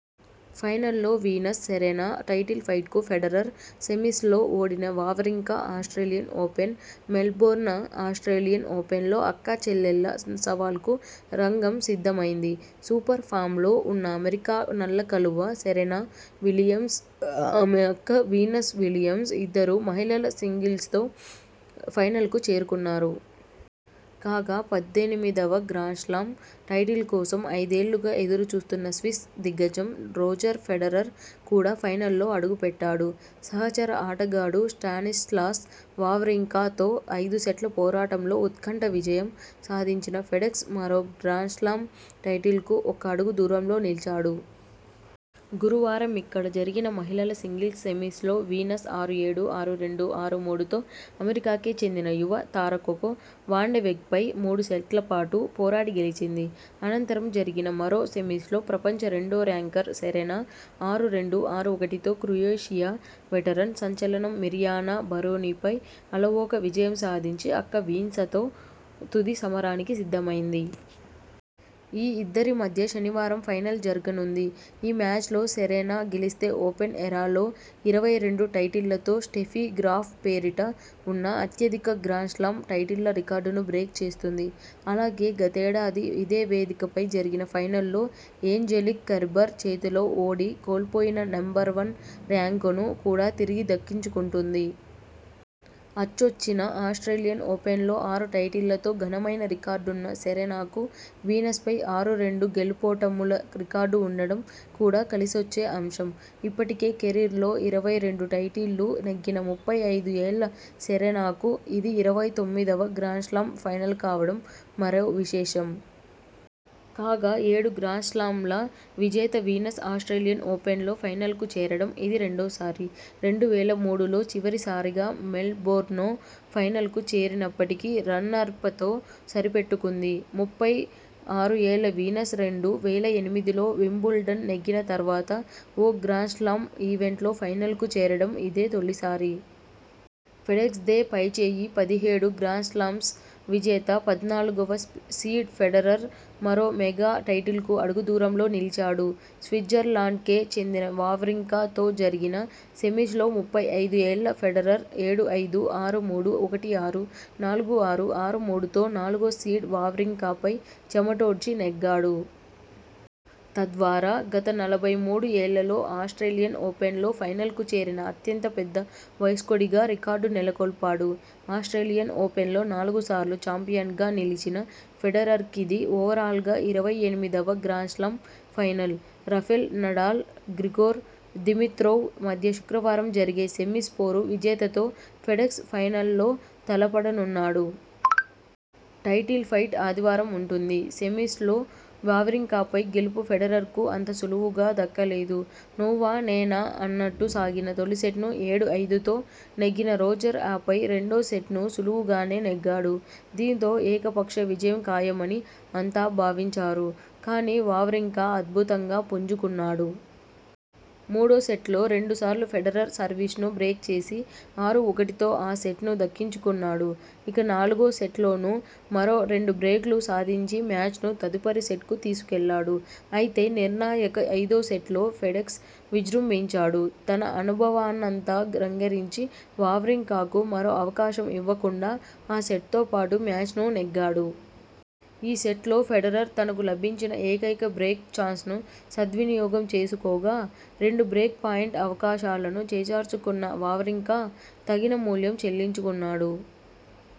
ఫైనల్లో Venus Serena title ఫైట్కు Federer semis లో ఓడిన Wawrinka Australian Open Melbourne Australian ఓపెన్లో అక్కా చెల్లెళ్ల సవాల్కు రంగం సిద్ధమైంది. సూపర్ ఫామ్లో ఉన్న అమెరికా నల్ల కలువ సెరెనా విలియమ్స్, ఆమె అక్క వీనస్ విలియమ్స్ ఇద్దరూ మహిళల సింగిల్స్లో ఫైనల్కు చేరుకున్నారు. కాగా పద్దెనిమిదివ గ్రాండ్స్లామ్ టైటిల్ కోసం ఐదేళ్లుగా ఎదురు చూస్తున్న స్విస్ దిగ్గజం రోజర్ ఫెడరర్ కూడా ఫైనల్లో అడుగుపెట్టాడు. సహచర ఆటగాడు స్టానిస్లాస్ వావ్రింకా తో ఐదుసెట్ల పోరాటంలో ఉత్కంఠ విజయం సాధించిన ఫెడెక్స్ మరో గ్రాండ్స్లామ్ టైటిల్కు ఒక్క అడుగు దూరంలో నిలిచాడు. గురువారమిక్కడ జరిగిన మహిళల సింగిల్స్ సెమీస్ లో వీనస్ ఆరు ఏడు, ఆరు రెండు, ఆరు మూడు తో అమెరికాకే చెందిన యువ తార కొకొ వాండెవెగ్పై మూడు సెట్లపాటు పోరాడి గెలిచింది. అనంతరం జరిగిన మరో సెమీస్లో ప్రపంచ రెండో ర్యాంకర్ సెరెనా ఆరు రెండు, ఆరు ఒకటితో క్రొయేషియా వెటరన్ సంచలనం మిర్యానా బరోనీపై అలవోక విజయం సాధించి అక్క వీన్సతో తుది సమరానికి సిద్ధమైంది. ఈ ఇద్దరి మధ్య శనివారం ఫైనల్ జరగనుంది. ఈ మ్యాచ్లో సెరెనా గెలిస్తే ఓపెన్ ఎరాలో ఇరవై రెండు టైటిళ్లతో స్టెఫీ గ్రాఫ్ పేరిట ఉన్న అత్యధిక గ్రాండ్స్లామ్ టైటిళ్ల రికార్డును బ్రేక్ చేస్తుంది. అలాగే గతేడాది ఇదే వేదికపై జరిగిన ఫైనల్లో ఏంజెలిక్ కెర్బర్ చేతిలో ఓడి కోల్పోయిన నెంబర్వన్ ర్యాంకును కూడా తిరిగి దక్కించుకుంటుంది. అచ్చొచ్చిన ఆస్ట్రేలియన్ ఓపెన్లో ఆరు టైటిళ్లతో ఘనమైన రికార్డున్న సెరెనాకు వీనస్పై ఆరు-రెండు గెలుపోటముల రికార్డు ఉండడం కూడా కలిసొచ్చే అంశం. ఇప్పటికే కెరీర్లో ఇరవై రెండు టైటిళ్లు నెగ్గిన ముప్పై ఐదు ఏళ్ల సెరెనాకు ఇది ఇరవై తొమ్మిదివ గ్రాండ్స్లామ్ ఫైనల్ కావడం మరో విశేషం. కాగా ఏడు గ్రాండ్స్లామ్ల విజేత వీనస్ ఆస్ట్రేలియన్ ఓపెన్లో ఫైనల్కు చేరడం ఇది రెండోసారి. రెండు వేల మూడులో చివరిసారిగా మెల్బోర్న్లో ఫైనల్కు చేరినప్పటికీ రన్నర్పతో సరిపెట్టుకుంది. ముప్పై ఆరు ఏళ్ల వీనస్ రెండు వేల ఎనిమిదిలో వింబుల్డన్ నెగ్గిన తర్వాత ఓ గ్రాండ్స్లామ్ ఈవెంట్లో ఫైనల్కు చేరడం ఇదే తొలిసారి. ఫెడెక్స్దే పైచేయి పదిహేడు గ్రాండ్స్లామ్స్ విజేత, పద్నాలుగువ సీడ్ ఫెడరర్ మరో మెగా టైటిల్కు అడుగు దూరంలో నిలిచాడు. స్విట్జర్లాండ్కే చెందిన వావ్రింకా తో జరిగిన సెమీస్ లో ముప్పై ఐదు ఏళ్ల ఫెడరర్ ఏడు ఐదు, ఆరు మూడు, ఒకటి ఆరు, నాలుగు ఆరు, ఆరు మూడుతో నాలుగో సీడ్ వావ్రింకాపై చెమటోడ్చి నెగ్గాడు. తద్వారా గత నలభై మూడు ఏళ్లలో ఆస్ట్రేలియన్ ఓపెన్లో ఫైనల్కు చేరిన అత్యంత పెద్ద వయస్కుడిగా రికార్డు నెలకొల్పాడు. ఆస్ట్రేలియన్ ఓపెన్లో నాలుగు సార్లు చాంపియన్గా నిలిచిన ఫెడరర్కిది ఓవరాల్గా ఇరవై ఎనిమిదివ grand slam final. Rafael Nadal, Grigor Dimitrov మధ్య శుక్రవారం జరిగే సెమీస్ పోరు విజేతతో ఫెడెక్స్ ఫైనల్లో తలపడనున్నాడు. టైటిల్ ఫైట్ ఆదివారం ఉంటుంది. సెమీ్సలో వావ్రింకాపై గెలుపు ఫెడరర్కు అంత సులువుగా దక్కలేదు. నువ్వా నేనా అన్నట్టు సాగిన తొలిసెట్ను ఏడు ఐదుతో నెగ్గిన రోజర్ ఆపై రెండో సెట్నూ సులువుగానే నెగ్గాడు. దీంతో ఏక పక్ష విజయం ఖాయమని అంతా భావించారు. కానీ వావ్రింకా అద్భుతంగా పుంజుకున్నాడు. మూడో సెట్లో రెండు సార్లు ఫెడరర్ సర్వీస్ను బ్రేక్ చేసి ఆరు ఒకటితో ఆ సెట్ను దక్కించుకున్నాడు. ఇక నాలుగో సెట్లోనూ మరో రెండు బ్రేక్లు సాధించి మ్యాచ్ను తదుపరి సెట్కు తీసుకెళ్లాడు. అయితే నిర్ణాయక ఐదో సెట్లో ఫెడెక్స్ విజృంభించాడు. తన అనుభవాన్నంతా రంగరించి వావ్రింకాకు మరో అవకాశం ఇవ్వకుండా ఆ సెట్తోపాటు మ్యాచ్నూ నెగ్గాడు. ఈ సెట్లో ఫెడరర్ తనకు లభించిన ఏకైక బ్రేక్ చాన్స్ను సద్వినియోగం చేసుకోగా రెండు బ్రేక్ పాయింట్ అవకాశాలను చేజార్చుకున్న వావ్రింకా తగిన మూల్యం చెల్లించుకున్నాడు.